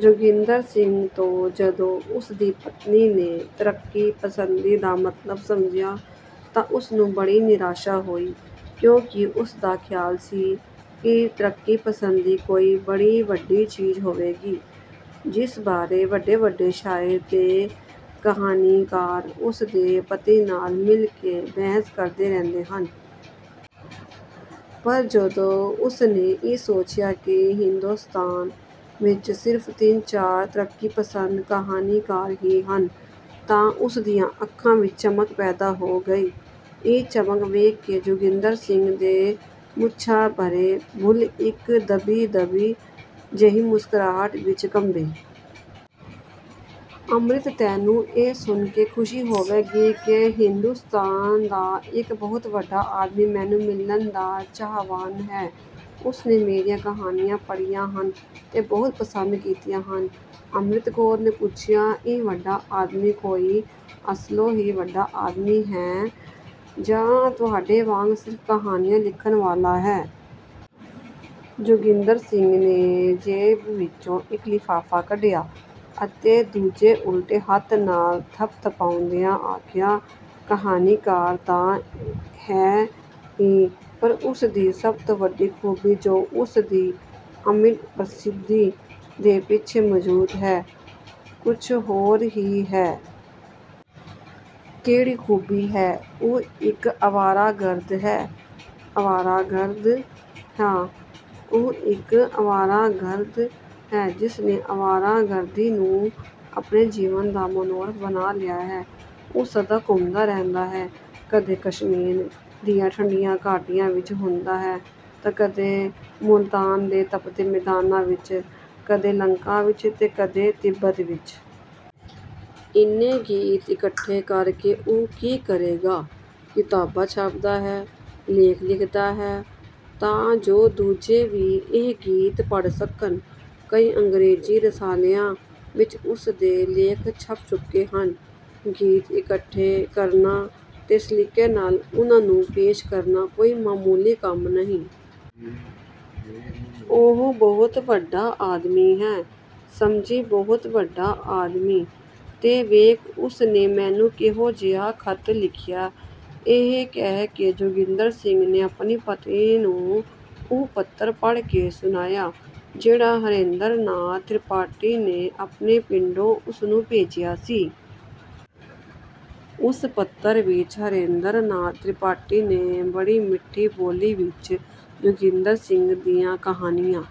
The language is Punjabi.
ਜੋਗਿੰਦਰ ਸਿੰਘ ਤੋਂ ਜਦੋਂ ਉਸਦੀ ਪਤਨੀ ਨੇ ਤਰੱਕੀਪਸੰਦੀ ਦਾ ਮਤਲਬ ਸਮਝਿਆ ਤਾਂ ਉਸਨੂੰ ਬੜੀ ਨਿਰਾਸ਼ਾ ਹੋਈ ਕਿਉਂਕਿ ਉਸਦਾ ਖ਼ਿਆਲ ਸੀ ਕਿ ਤਰੱਕੀਪਸੰਦੀ ਕੋਈ ਬੜੀ ਵੱਡੀ ਚੀਜ਼ ਹੋਵੇਗੀ ਜਿਸ ਬਾਰੇ ਵੱਡੇ-ਵੱਡੇ ਸ਼ਾਇਰ ਤੇ ਕਹਾਣੀਕਾਰ ਉਸਦੇ ਪਤੀ ਨਾਲ ਮਿਲ ਕੇ ਬਹਿਸ ਕਰਦੇ ਰਹਿੰਦੇ ਹਨ। ਪਰ ਜਦੋਂ ਉਸਨੇ ਇਹ ਸੋਚਿਆ ਕਿ ਹਿੰਦੋਸਤਾਨ ਵਿੱਚ ਸਿਰਫ਼ ਤਿੰਨ-ਚਾਰ ਤਰੱਕੀਪਸੰਦ ਕਹਾਣੀਕਾਰ ਹੀ ਹਨ ਤਾਂ ਉਸਦੀਆਂ ਅੱਖਾਂ ਵਿੱਚ ਚਮਕ ਪੈਦਾ ਹੋ ਗਈ। ਇਹ ਚਮਕ ਵੇਖ ਕੇ ਜੋਗਿੰਦਰ ਸਿੰਘ ਦੇ ਮੁੱਛਾਂ-ਭਰੇ ਬੁੱਲ੍ਹ ਇੱਕ ਦੱਬੀ-ਦੱਬੀ ਜਿਹੀ ਮੁਸਕਰਾਹਟ ਵਿੱਚ ਕੰਬੇ। ਅੰਮ੍ਰਿਤ, ਤੈਨੂੰ ਇਹ ਸੁਣ ਕੇ ਖੁਸ਼ੀ ਹੋਵੇਗੀ ਕਿ ਹਿੰਦੋਸਤਾਨ ਦਾ ਇੱਕ ਬਹੁਤ ਵੱਡਾ ਆਦਮੀ ਮੈਨੂੰ ਮਿਲਣ ਦਾ ਚਾਹਵਾਨ ਹੈ। ਉਸਨੇ ਮੇਰੀਆਂ ਕਹਾਣੀਆਂ ਪੜ੍ਹੀਆਂ ਹਨ ਤੇ ਬਹੁਤ ਪਸੰਦ ਕੀਤੀਆਂ ਹਨ। ਅੰਮ੍ਰਿਤ ਕੌਰ ਨੇ ਪੁੱਛਿਆ, ਇਹ ਵੱਡਾ ਆਦਮੀ ਕੋਈ ਅਸਲੋਂ ਹੀ ਵੱਡਾ ਆਦਮੀ ਹੈ ਜਾਂ ਤੁਹਾਡੇ ਵਾਂਗ ਸਿਰਫ਼ ਕਹਾਣੀਆਂ ਲਿਖਣ ਵਾਲਾ ਹੈ? ਜੋਗਿੰਦਰ ਸਿੰਘ ਨੇ ਜੇਬ ਵਿੱਚੋਂ ਇੱਕ ਲਿਫ਼ਾਫ਼ਾ ਕੱਢਿਆ ਅਤੇ ਦੂਜੇ ਉਲਟੇ ਹੱਥ ਨਾਲ ਥਪਥਪਾਉਂਦਿਆਂ ਆਖਿਆ, ਕਹਾਣੀਕਾਰ ਤਾਂ ਹੈ ਹੀ ਪਰ ਉਸਦੀ ਸਭ ਤੋਂ ਵੱਡੀ ਖੂਬੀ ਜੋ ਉਸਦੀ ਅਮਿੱਟ ਪ੍ਰਸਿੱਧੀ ਦੇ ਪਿੱਛੇ ਮੌਜੂਦ ਹੈ ਕੁਝ ਹੋਰ ਹੀ ਏ। ਕਿਹੜੀ ਖੂਬੀ ਏ? ਉਹ ਇੱਕ ਅਵਾਰਾਗਰਦ ਹੈ। ਅਵਾਰਾਗਰਦ? ਹਾਂ, ਉਹ ਇੱਕ ਅਵਾਰਾਗਰਦ ਹੈ ਜਿਸਨੇ ਅਵਾਰਾਗਰਦੀ ਨੂੰ ਆਪਣੇ ਜੀਵਨ ਦਾ ਮਨੋਰਥ ਬਣਾ ਲਿਆ ਹੈ। ਉਹ ਸਦਾ ਘੁੰਮਦਾ ਰਹਿੰਦਾ ਹੈ, ਕਦੇ ਕਸ਼ਮੀਰ ਦੀਆਂ ਠੰਡੀਆਂ ਘਾਟੀਆਂ ਵਿੱਚ ਹੁੰਦਾ ਹੈ ਤੇ ਕਦੇ ਮੁਲਤਾਨ ਦੇ ਤਪਦੇ ਮੈਦਾਨਾਂ ਵਿੱਚ, ਕਦੇ ਲੰਕਾ ਵਿੱਚ ਤੇ ਕਦੇ ਤਿੱਬਤ ਵਿੱਚ। ਇੰਨੇ ਗੀਤ ਇਕੱਠੇ ਕਰਕੇ ਉਹ ਕੀ ਕਰੇਗਾ? ਕਿਤਾਬਾਂ ਛਾਪਦਾ ਹੈ, ਲੇਖ ਲਿਖਦਾ ਹੈ ਤਾਂ ਜੋ ਦੂਜੇ ਵੀ ਇਹ ਗੀਤ ਪੜ੍ਹ ਸਕਣ। ਕਈ ਅੰਗ੍ਰੇਜ਼ੀ ਰਸਾਲਿਆਂ ਵਿੱਚ ਉਸਦੇ ਲੇਖ ਛਪ ਚੁੱਕੇ ਹਨ। ਗੀਤ ਇਕੱਠੇ ਕਰਨਾ ਤੇ ਸਲੀਕੇ ਨਾਲ ਉਨ੍ਹਾਂ ਨੂੰ ਪੇਸ਼ ਕਰਨਾ ਕੋਈ ਮਾਮੂਲੀ ਕੰਮ ਨਹੀਂ। ਉਹ ਬਹੁਤ ਵੱਡਾ ਆਦਮੀ ਹੈ, ਸਮਝੀ, ਬਹੁਤ ਵੱਡਾ ਆਦਮੀ! ਤੇ ਵੇਖ, ਉਸਨੇ ਮੈਨੂੰ ਕਿਹੋ ਜਿਹਾ ਖ਼ਤ ਲਿਖਿਆ ਏ। ਇਹ ਕਹਿ ਕੇ, ਜੋਗਿੰਦਰ ਸਿੰਘ ਨੇ ਆਪਣੀ ਪਤਨੀ ਨੂੰ ਉਹ ਪੱਤਰ ਪੜ੍ਹ ਕੇ ਸੁਣਾਇਆ ਜਿਹੜਾ ਹਰੇਂਦਰ ਨਾਥ ਤ੍ਰਿਪਾਠੀ ਨੇ ਆਪਣੇ ਪਿੰਡੋਂ ਉਸਨੂੰ ਭੇਜਿਆ ਸੀ। ਉਸ ਪੱਤਰ ਵਿੱਚ ਹਰੇਂਦਰ ਨਾਥ ਤ੍ਰਿਪਾਠੀ ਨੇ ਬੜੀ ਮਿੱਠੀ ਬੋਲੀ ਵਿੱਚ ਜੋਗਿੰਦਰ ਸਿੰਘ ਦੀਆਂ ਕਹਾਣੀਆਂ